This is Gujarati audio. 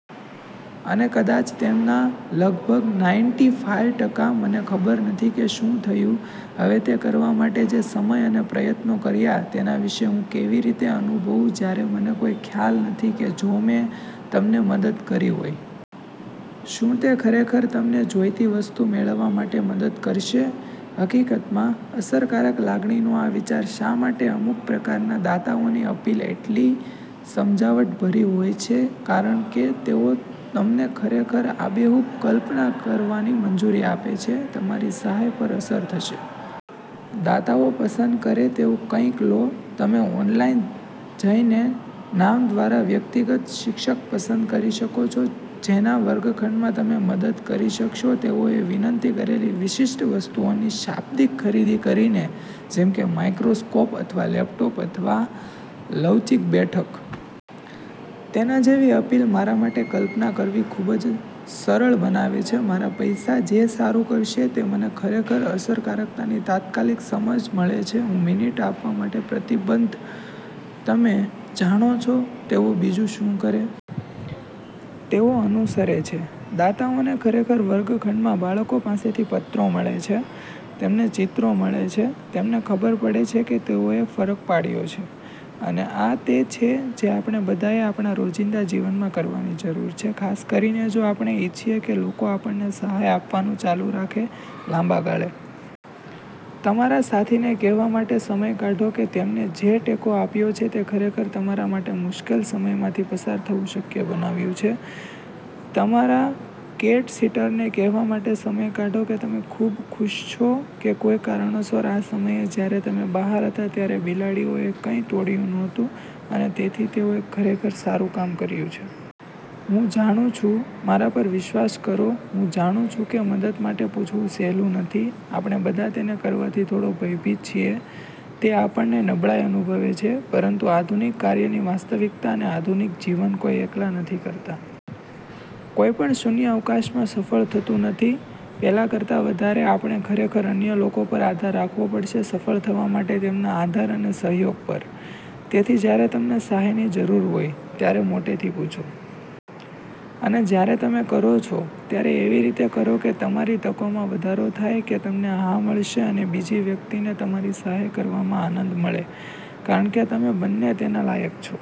અને કદાચ તેમાંના લગભગ નાઈન્ટી ફાઈવ ટકા મને ખબર નથી કે શું થયું. હવે, તે કરવા માટે જે સમય અને પ્રયત્નો કર્યા તેના વિશે હું કેવી રીતે અનુભવું જ્યારે મને કોઈ ખ્યાલ નથી કે જો મેં તમને મદદ કરી હોય. શું તે ખરેખર તમને જોઈતી વસ્તુ મેળવવા માટે મદદ કરશે? હકીકતમાં, અસરકારક લાગણીનો આ વિચાર શા માટે અમુક પ્રકારના દાતાઓની અપીલ એટલી સમજાવટભરી હોય છે કારણ કે તેઓ તમને ખરેખર આબેહૂબ કલ્પના કરવાની મંજૂરી આપે છે તમારી સહાય પર અસર થશે. દાતાઓ પસંદ કરે તેવું કંઈક લો. તમે ઓનલાઇન જઈને નામ દ્વારા વ્યક્તિગત શિક્ષક પસંદ કરી શકો છો જેના વર્ગખંડમાં તમે મદદ કરી શકશો તેઓએ વિનંતી કરેલી વિશિષ્ટ વસ્તુઓની શાબ્દિક ખરીદી કરીને જેમકે માઇક્રોસ્કોપ અથવા લેપટોપ અથવા લવચીક બેઠક. તેના જેવી અપીલ મારા માટે કલ્પના કરવી ખૂબ જ સરળ બનાવે છે મારા પૈસા જે સારું કરશે તે મને ખરેખર અસરકારકતાની તાત્કાલિક સમજ મળે છે હું મિનિટ આપવા માટે પ્રતિબદ્ધ. તમે જાણો છો, તેઓ બીજું શું કરે? તેઓ અનુસરે છે. દાતાઓને ખરેખર વર્ગખંડમાં બાળકો પાસેથી પત્રો મળે છે, તેમને ચિત્રો મળે છે. તેમને ખબર પડે છે કે તેઓએ ફરક પાડ્યો છે. અને આ તે છે જે આપણે બધાએ આપણા રોજિંદા જીવનમાં કરવાની જરૂર છે ખાસ કરીને જો આપણે ઇચ્છીએ કે લોકો આપણેને સહાય આપવાનું ચાલુ રાખે લાંબા ગાળે. તમારા સાથીને કહેવા માટે સમય કાઢો કે તેમને જે ટેકો આપ્યો છે ખરેખર તમારા માટે મુશ્કેલ સમયમાંથી પસાર થવું શક્ય બનાવ્યું છે. તમારા કેટ-સિટરને કહેવા માટે સમય કાઢો કે તમે ખૂબ ખુશ છો કે કોઈ કારણોસર આ સમયે જ્યારે તમે બહાર હતા ત્યારે બિલાડીઓ એ કંઈ તોડયુ નહોતુ અને તેથી તેઓ એક ખરેખર સારું કામ કર્યું છે. હું જાણું છું, મારા પર વિશ્વાસ કરો, હું જાણું છું કે મદદ માટે પૂછવું સહેલું નથી. આપણે બધા તેને કરવાથી થોડો ભયભીત છીએ. તે આપણને નબળાઈ અનુભવે છે. પરંતુ આધુનિક કાર્યની વાસ્તવિકતા અને આધુનિક જીવન કોઈ એકલા નથી કરતા. કોઈ પણ શૂન્યાવકાશમાં સફળ થતું નથી. પહેલા કરતા વધારે આપણે ખરેખર અન્ય લોકો પર આધાર રાખવો પડશે સફળ થવા માટે તેમના આધાર અને સહયોગ પર. તેથી જ્યારે તમને સહાયની જરૂર હોય, ત્યારે મોટેથી પૂછો. અને જ્યારે તમે કરો છો, ત્યારે એવી રીતે કરો કે તમારી તકોમાં વધારો થાય કે તમને હા મળશે અને બીજી વ્યક્તિને તમારી સહાય કરવામાં આનંદ મળે કારણ કે તમે બંને તેના લાયક છો.